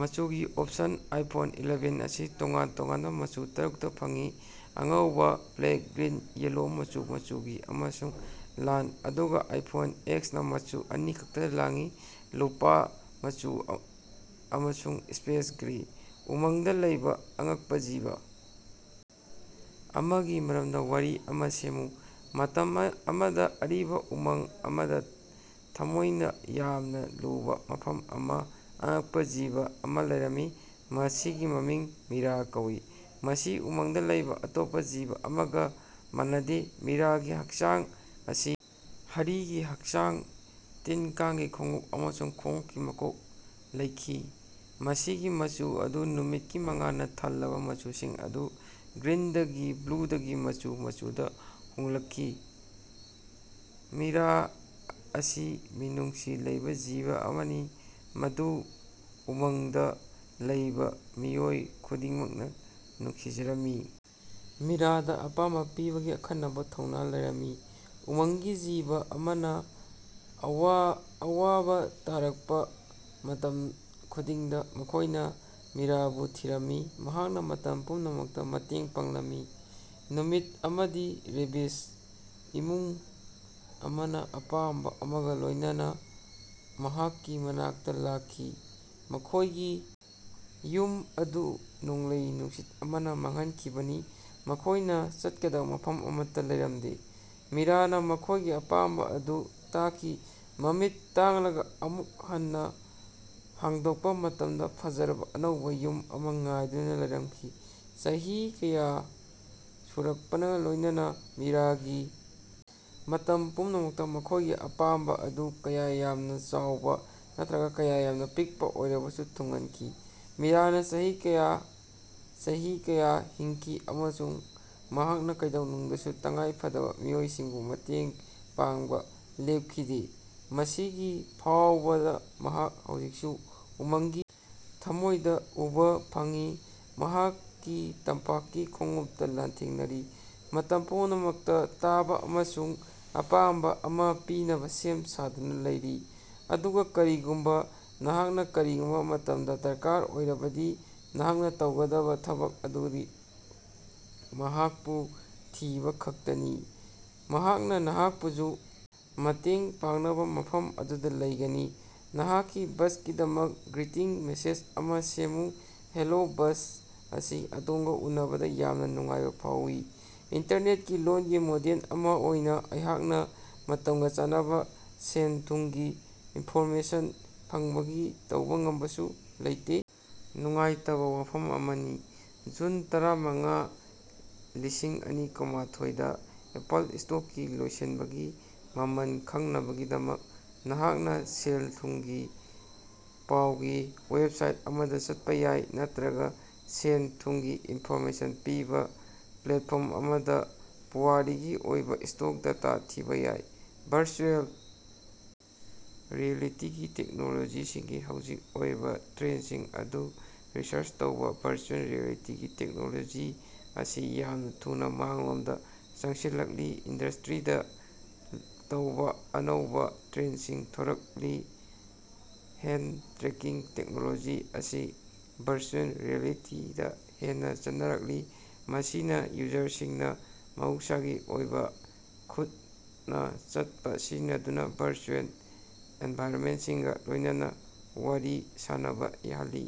ꯃꯆꯨꯒꯤ option: iPhone eleven ꯑꯁꯤ ꯇꯣꯉꯥꯟ ꯇꯣꯉꯥꯟꯕ ꯃꯆꯨ ꯇꯔꯨꯛꯇ ꯐꯪꯏ: ꯑꯉꯧꯕ, ꯕ꯭ꯂꯦꯛ, ꯒ꯭ꯔꯤꯟ, ꯌꯦꯜꯂꯣ, ꯃꯆꯨ ꯃꯆꯨꯒꯤ, ꯑꯃꯁꯨꯡ ꯂꯥꯜ, ꯑꯗꯨꯒ ꯑꯥꯏꯐꯣꯟ ꯑꯦꯛꯁꯅ ꯃꯆꯨ ꯑꯅꯤ ꯈꯛꯇꯃꯛ ꯂꯥꯛꯏ: ꯂꯨꯄꯥ ꯃꯆꯨ ꯑꯃꯁꯨꯡ ꯁ꯭ꯄꯦꯁ ꯒ꯭ꯔꯦ꯫ ꯎꯃꯪꯗ ꯂꯩꯕ ꯑꯉꯛꯄ ꯖꯤꯕ ꯑꯃꯒꯤ ꯃꯔꯝꯗ ꯋꯥꯔꯤ ꯑꯃ ꯁꯦꯝꯃꯨ꯫ ꯃꯇꯝ ꯑꯃꯗ ꯑꯔꯤꯕ ꯎꯃꯪ ꯑꯃꯗ ꯊꯃꯣꯏꯗ ꯌꯥꯝꯅ ꯂꯨꯕ ꯃꯐꯝ ꯑꯃ ꯑꯉꯛꯄ ꯖꯤꯕ ꯑꯃ ꯂꯩꯔꯝꯃꯤ꯫ ꯃꯁꯤꯒꯤ ꯃꯃꯤꯡ ꯃꯤꯔꯥ ꯀꯧꯏ, ꯃꯁꯤ ꯎꯃꯪꯗ ꯂꯩꯕ ꯑꯇꯣꯞꯄ ꯖꯤꯕ ꯑꯃꯒ ꯃꯥꯟꯅꯗꯦ꯫ ꯃꯤꯔꯥꯒꯤ ꯍꯛꯆꯥꯡ ꯑꯁꯤ ꯍꯔꯤꯒꯤ ꯍꯛꯆꯥꯡ, ꯇꯤꯟ-ꯀꯥꯡꯒꯤ ꯈꯣꯡꯎꯞ ꯑꯃꯁꯨꯡ ꯈꯣꯡꯎꯞꯀꯤ ꯃꯀꯣꯛ ꯂꯩꯈꯤ꯫ ꯃꯁꯤꯒꯤ ꯃꯆꯨ ꯑꯗꯨ ꯅꯨꯃꯤꯠꯀꯤ ꯃꯉꯥꯜꯅ ꯊꯜꯂꯕ ꯃꯆꯨꯁꯤꯡ ꯑꯗꯨ ꯒ꯭ꯔꯤꯟꯗꯒꯤ ꯕ꯭ꯂꯨꯗꯒꯤ ꯃꯆꯨ ꯃꯆꯨꯗ ꯍꯣꯡꯂꯛꯈꯤ꯫ ꯃꯤꯔꯥ ꯑꯁꯤ ꯃꯤꯅꯨꯡꯁꯤ ꯂꯩꯕ ꯖꯤꯕ ꯑꯃꯅꯤ, ꯃꯗꯨ ꯎꯃꯪꯗ ꯂꯩꯕ ꯃꯤꯑꯣꯏ ꯈꯨꯗꯤꯡꯃꯛꯅ ꯅꯨꯡꯁꯤꯖꯔꯝꯃꯤ꯫ ꯃꯤꯔꯥꯗ ꯑꯄꯥꯝꯕ ꯄꯤꯕꯒꯤ ꯑꯈꯟꯅꯕ ꯊꯧꯅꯥ ꯂꯩꯔꯝꯃꯤ꯫ ꯎꯃꯪꯒꯤ ꯖꯤꯕ ꯑꯃꯅ ꯑꯋꯥ ꯑꯋꯥꯕ ꯇꯥꯔꯛꯄ ꯃꯇꯝ ꯈꯨꯗꯤꯡꯗ ꯃꯈꯣꯏꯅ ꯃꯤꯔꯥꯕꯨ ꯊꯤꯔꯝꯃꯤ, ꯃꯍꯥꯛꯅ ꯃꯇꯝ ꯄꯨꯝꯅꯃꯛꯇ ꯃꯇꯦꯡ ꯄꯥꯡꯂꯝꯃꯤ꯫ ꯅꯨꯃꯤꯠ ꯑꯃꯗꯤ ꯔꯦꯕꯤꯖ ꯏꯃꯨꯡ ꯑꯃꯅ ꯑꯄꯥꯝꯕ ꯑꯃꯒ ꯂꯣꯏꯅꯅ ꯃꯍꯥꯛꯀꯤ ꯃꯅꯥꯛꯇ ꯂꯥꯛꯈꯤ꯫ ꯃꯈꯣꯏꯒꯤ ꯌꯨꯝ ꯑꯗꯨ ꯅꯣꯡꯂꯩ ꯅꯨꯡꯁꯤꯠ ꯑꯃꯅ ꯃꯥꯡꯍꯟꯈꯤꯕꯅꯤ, ꯃꯈꯣꯏꯅ ꯆꯠꯀꯗꯕ ꯃꯐꯝ ꯑꯃꯠꯇ ꯂꯩꯔꯝꯗꯦ꯫ ꯃꯤꯔꯥꯅ ꯃꯈꯣꯏꯒꯤ ꯑꯄꯥꯝꯕ ꯑꯗꯨ ꯇꯥꯈꯤ, ꯃꯃꯤꯠ ꯇꯥꯡꯂꯒ ꯑꯃꯨꯛ ꯍꯟꯅ ꯍꯥꯡꯗꯣꯛꯄ ꯃꯇꯝꯗ ꯐꯖꯔꯕ ꯑꯅꯧꯕ ꯌꯨꯝ ꯑꯃ ꯉꯥꯏꯗꯨꯅ ꯂꯩꯔꯝꯃꯤ꯫ ꯆꯍꯤ ꯀꯌꯥ ꯁꯨꯔꯛꯄꯅ ꯂꯣꯏꯅꯅ ꯃꯤꯔꯥꯒꯤ ꯃꯇꯝ ꯄꯨꯝꯅꯃꯛꯇ ꯃꯈꯣꯏꯒꯤ ꯑꯄꯥꯝꯕ ꯑꯗꯨ ꯀꯌꯥ ꯌꯥꯝꯅ ꯆꯥꯎꯕ ꯅꯠꯇ꯭ꯔꯒ ꯀꯌꯥ ꯌꯥꯝꯅ ꯄꯤꯛꯄ ꯑꯣꯏꯔꯕꯁꯨ ꯊꯨꯡꯍꯟꯈꯤ꯫ ꯃꯤꯔꯥꯅ ꯆꯍꯤ ꯀꯌꯥ, ꯆꯍꯤ ꯀꯌꯥ ꯍꯤꯡꯈꯤ, ꯑꯃꯁꯨꯡ ꯃꯍꯥꯛꯅ ꯀꯩꯗꯧꯉꯩꯗꯁꯨ ꯇꯉꯥꯏꯐꯗꯕ ꯃꯤꯑꯣꯏꯁꯤꯡꯕꯨ ꯃꯇꯦꯡ ꯄꯥꯡꯕ ꯂꯦꯞꯈꯤꯗꯦ꯫ ꯃꯁꯤꯒꯤ ꯐꯥꯎꯕꯗ ꯃꯍꯥꯛ ꯍꯧꯖꯤꯛꯁꯨ ꯎꯃꯪꯒꯤ ꯊꯃꯣꯏꯗ ꯎꯕ ꯐꯪꯏ, ꯃꯍꯥꯛꯀꯤ ꯇꯝꯄꯥꯛꯀꯤ ꯈꯣꯡꯎꯞꯇ ꯂꯥꯟꯊꯦꯡꯅꯔꯤ, ꯃꯇꯝ ꯄꯨꯝꯅꯃꯛꯇ ꯇꯥꯕ ꯑꯃꯁꯨꯡ ꯑꯄꯥꯝꯕ ꯑꯃ ꯄꯤꯅꯕ ꯁꯦꯝ ꯁꯥꯗꯨꯅ ꯂꯩꯔꯤ꯫ ꯑꯗꯨꯒ ꯀꯔꯤꯒꯨꯝꯕ ꯅꯍꯥꯛꯅ ꯀꯔꯤꯒꯨꯝꯕ ꯃꯇꯝꯗ ꯗꯔꯀꯥꯔ ꯑꯣꯏꯔꯕꯗꯤ ꯅꯍꯥꯛꯅ ꯇꯧꯒꯗꯕ ꯊꯕꯛ ꯑꯗꯨꯗꯤ ꯃꯍꯥꯛꯄꯨ ꯊꯤꯕ ꯈꯛꯇꯅꯤ, ꯃꯍꯥꯛꯅ ꯅꯍꯥꯛꯄꯨꯁꯨ ꯃꯇꯦꯡ ꯄꯥꯡꯅꯕ ꯃꯐꯝ ꯑꯗꯨꯗ ꯂꯩꯒꯅꯤ꯫ ꯅꯍꯥꯛꯀꯤ ꯕꯁꯀꯤꯗꯃꯛꯇ ꯒ꯭ꯔꯤꯇꯤꯡ ꯃꯦꯁꯦꯖ ꯑꯃ ꯁꯦꯝꯃꯨ꯫ ꯍꯦꯂꯣ ꯕꯁ, ꯉꯁꯤ ꯑꯗꯣꯝꯒ ꯎꯅꯕꯗ ꯌꯥꯝꯅ ꯅꯨꯡꯉꯥꯏꯕ ꯐꯥꯎꯏ꯫ ꯏꯟꯇꯔꯅꯦꯠꯀꯤ ꯂꯣꯜꯒꯤ ꯃꯣꯗꯦꯜ ꯑꯃ ꯑꯣꯏꯅ ꯑꯩꯍꯥꯛꯅ ꯃꯇꯝꯒ ꯆꯥꯟꯅꯕ ꯁꯦꯜ-ꯊꯨꯝꯒꯤ ꯏꯟꯐꯣꯔꯃꯦꯁꯟ ꯐꯪꯕꯒꯤ ꯇꯧꯕ ꯉꯝꯕꯁꯨ ꯂꯩꯇꯦ, ꯅꯨꯡꯉꯥꯏꯇꯕ ꯋꯥꯐꯝ ꯑꯃꯅꯤ꯫ ꯖꯨꯟ ꯇꯔꯥꯃꯉꯥ, ꯂꯤꯁꯤꯡꯑꯅꯤ ꯀꯨꯟꯃꯥꯊꯣꯏ ꯗ ꯑꯦꯄꯜ ꯁ꯭ꯇꯣꯛꯀꯤ ꯂꯣꯏꯁꯤꯟꯕꯒꯤ ꯃꯃꯜ ꯈꯪꯅꯕꯒꯤꯗꯃꯛ, ꯅꯍꯥꯛꯅ ꯁꯦꯜ-ꯊꯨꯝꯒꯤ ꯄꯥꯎꯒꯤ ꯋꯦꯕꯁꯥꯏꯠ ꯑꯃꯗ ꯆꯠꯄ ꯌꯥꯏ ꯅꯠꯇ꯭ꯔꯒ ꯁꯦꯜ-ꯊꯨꯝꯒꯤ ꯏꯟꯐꯣꯔꯃꯦꯁꯟ ꯄꯤꯕ ꯄ꯭ꯂꯦꯠꯐꯣꯔꯝ ꯑꯃꯗ ꯄꯨꯋꯥꯔꯤ ꯑꯣꯏꯔꯕ ꯁ꯭ꯇꯣꯛ ꯗꯦꯇꯥ ꯊꯤꯕ ꯌꯥꯏ꯫ ꯚꯔꯆꯨꯑꯦꯜ ꯔꯤꯌꯦꯂꯤꯇꯤ ꯇꯦꯛꯅꯣꯂꯣꯖꯤꯒꯤ ꯍꯧꯖꯤꯛ ꯑꯣꯏꯔꯤꯕ ꯇ꯭ꯔꯦꯟꯁꯤꯡ ꯑꯗꯨ ꯔꯤꯁꯔꯆ ꯇꯧꯕ꯫ ꯚꯔꯆꯨꯑꯦꯜ ꯔꯤꯌꯦꯂꯤꯇꯤ ꯇꯦꯛꯅꯣꯂꯣꯖꯤ ꯑꯁꯤ ꯌꯥꯝꯅ ꯊꯨꯅ ꯃꯥꯡꯂꯣꯝꯗ ꯆꯪꯁꯤꯜꯂꯛꯂꯤ, ꯏꯟꯗꯁ꯭ꯠꯔꯤꯗ ꯇꯧꯕ ꯑꯅꯧꯕ ꯇ꯭ꯔꯦꯟꯗꯁꯤꯡ ꯊꯣꯔꯛꯂꯤ꯫ ꯍꯦꯟ ꯇ꯭ꯔꯦꯀꯤꯡ ꯇꯦꯛꯅꯣꯂꯣꯖꯤ ꯑꯁꯤ ꯚꯔꯆꯨꯑꯦꯜ ꯔꯤꯌꯦꯂꯤꯇꯤ ꯗ ꯍꯦꯟꯅ ꯆꯠꯅꯔꯛꯂꯤ, ꯃꯁꯤꯅ ꯌꯨꯖꯔꯁꯤꯡꯅ ꯃꯍꯧꯁꯥꯒꯤ ꯑꯣꯏꯕ ꯈꯨꯠꯅ ꯆꯠꯄ ꯁꯤꯖꯤꯟꯅꯗꯨꯅ ꯚꯔꯆꯨꯑꯦꯜ ꯑꯦꯟꯚꯥꯏꯔꯟꯃꯦꯟꯠꯁꯤꯡꯒ ꯂꯣꯏꯅꯅ ꯋꯥꯔꯤ ꯁꯥꯅꯕ ꯌꯥꯍꯜꯂꯤ꯫